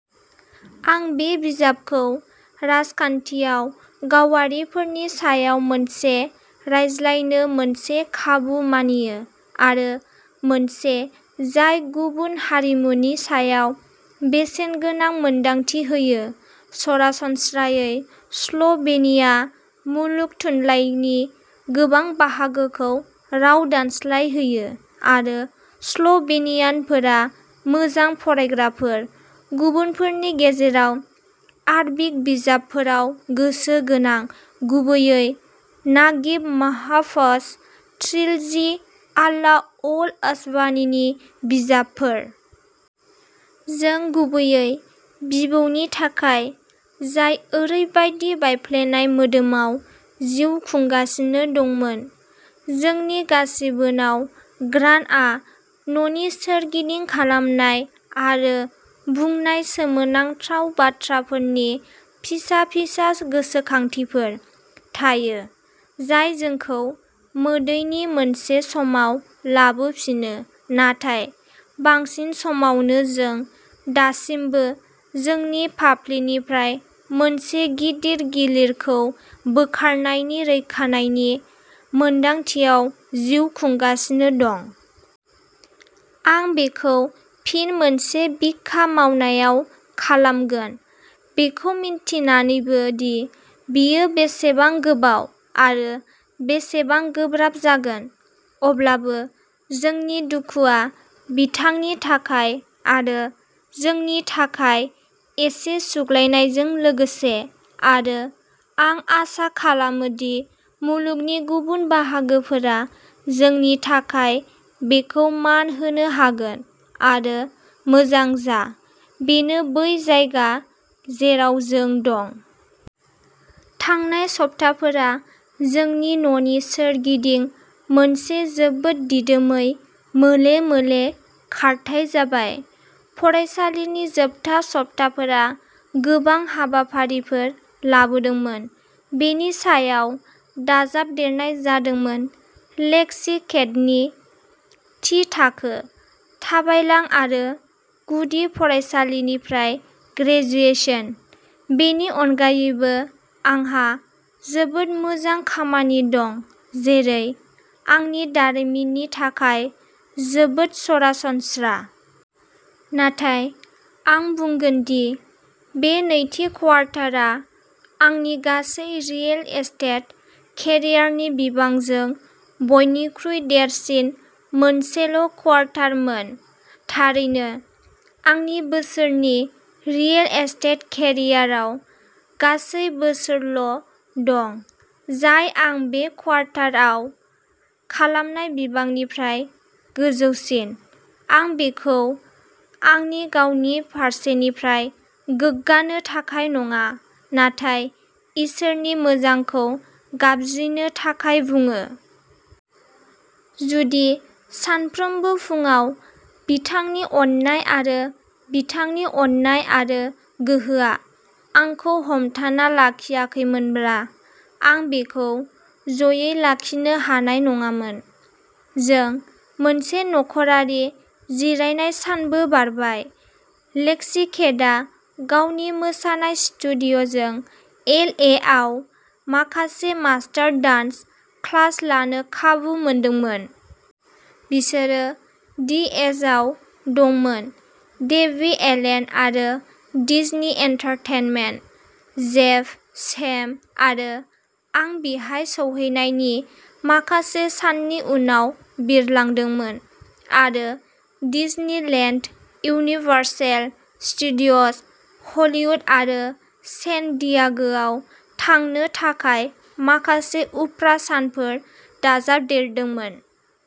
आं बे बिजाबखौ राजखान्थियाव गावारिफोरनि सायाव मोनसे रायज्लायनो मोनसे खाबु मानियो, आरो मोनसे जाय गुबुन हारिमुनि सायाव बेसेनगोनां मोनदांथि होयो। सरासनस्रायै, स्ल'भेनिया मुलुग थुनलाइनि गोबां बाहागोखौ राव दानस्लायहोयो, आरो स्ल'भेनियानफोरा मोजां फरायग्राफोर, गुबुनफोरनि गेजेराव आरबिक बिजाबफोराव गोसो गोनां, गुबैयै नागिब माहफ'ज ट्रिलजि, आला अल अस्वानीनि बिजाबफोर। जों; गुबैयै बिबौनि थाखाय, जाय ओरैबायदि बायफ्लेनाय मोदोमाव जिउ खुंगासिनो दंमोन। जोंनि गासिबोनाव ग्रानआ न'नि सोरगिदिं खालामनाय आरो बुंनाय सोमोनांथाव बाथ्राफोरनि फिसा-फिसा गोसोखांथिफोर थायो, जाय जोंखौ मोदैनि मोनसे समाव लाबोफिनो। नाथाय, बांसिन समावनो जों दासिमबो जोंनि फाफ्लिनिफ्राय मोनसे गिदिर गिलिरखौ बोखारनायनि रैखानायनि मोनदांथियाव जिउ खुंगासिनो दं। आं बेखौ फिन मोनसे बिखा मावनायाव खालामगोन, बेखौ मिन्थिनानैबो दि बेयो बेसेबां गोबाव आरो बेसेबां गोब्राब जागोन। अब्लाबो, जोंनि दुखुआ बिथांनि थाखाय आरो जोंनि थाखाय एसे सुग्लायनायजों लोगोसे। आरो, आं आसा खालामो दि मुलुगनि गुबुन बाहागोफोरा जोंनि थाखाय बेखौ मान होनो हागोन, आरो मोजां जा, बेनो बै जायगा जेराव जों दं। थांनाय सप्ताफोरा जोंनि न'नि सोरगिदिं मोनसे जोबोद दिदोमै मोले-मोले खारथाय जाबाय। फरायसालिनि जोबथा सप्ताफोरा गोबां हाबाफारिफोर लाबोदोंमोन, बेनि सायाव दाजाबदेरनाय जादोंमोन लेक्सि केटनि थि थाखो। थाबायलां, आरो गुदि फरायसालिनिफ्राय ग्रेजुएशन। बेनि अनगायैबो, आंहा जोबोद मोजां खामानि दं, जेरै आंनि दारिमिननि थाखाय जोबोद सरासनस्रा। नाथाय, आं बुंगोन दि बे नैथि क्वार्टारआ आंनि गासै रिएल एस्टेट केरियारनि बिबांजों बयनिख्रुइ देरसिन मोनसेल'क्वार्टारमोन। थारैनो, आंनि बोसोरनि रिएल एस्टेट केरियाराव गासै बोसोरल'दं जाय आं बे क्वार्टारआव खालामनाय बिबांनिफ्राय गोजौसिन। आं बेखौ आंनि गावनि फारसेनिफ्राय गोग्गानो थाखाय नङा, नाथाय इसोरनि मोजांखौ गाबज्रिनो थाखाय बुङो। जुदि सानफ्रोमबो फुंआव बिथांनि अननाय आरो बिथांनि अननाय आरो गोहोआ आंखौ हमथाना लाखियाखैमोनब्ला आं बेखौ ज'यै लाखिनो हानाय नङामोन। जों मोनसे नख'रारि जिरायनाय सानबो बारबाय। लेक्सि केटआ गावनि मोसानाय स्टुडिय'जों एल. ए. आव माखासे मास्टार डान्स क्लास लानो खाबु मोनदोंमोन। बिसोरो दि एजआव दंमोन। डेबी एलेन, आरो डिज्नी एन्टारटेनमेन्ट। जेफ, सेम, आरो आं बिहाय सौहैनायनि माखासे साननि उनाव बिरलांदोंमोन, आरो डिज्नीलेन्ड, यूनिवर्सल स्टुडिय'ज हलीवुड, आरो सेन डियागोआव थांनो थाखाय माखासे उफ्रा सानफोर दाजाबदेरदोंमोन।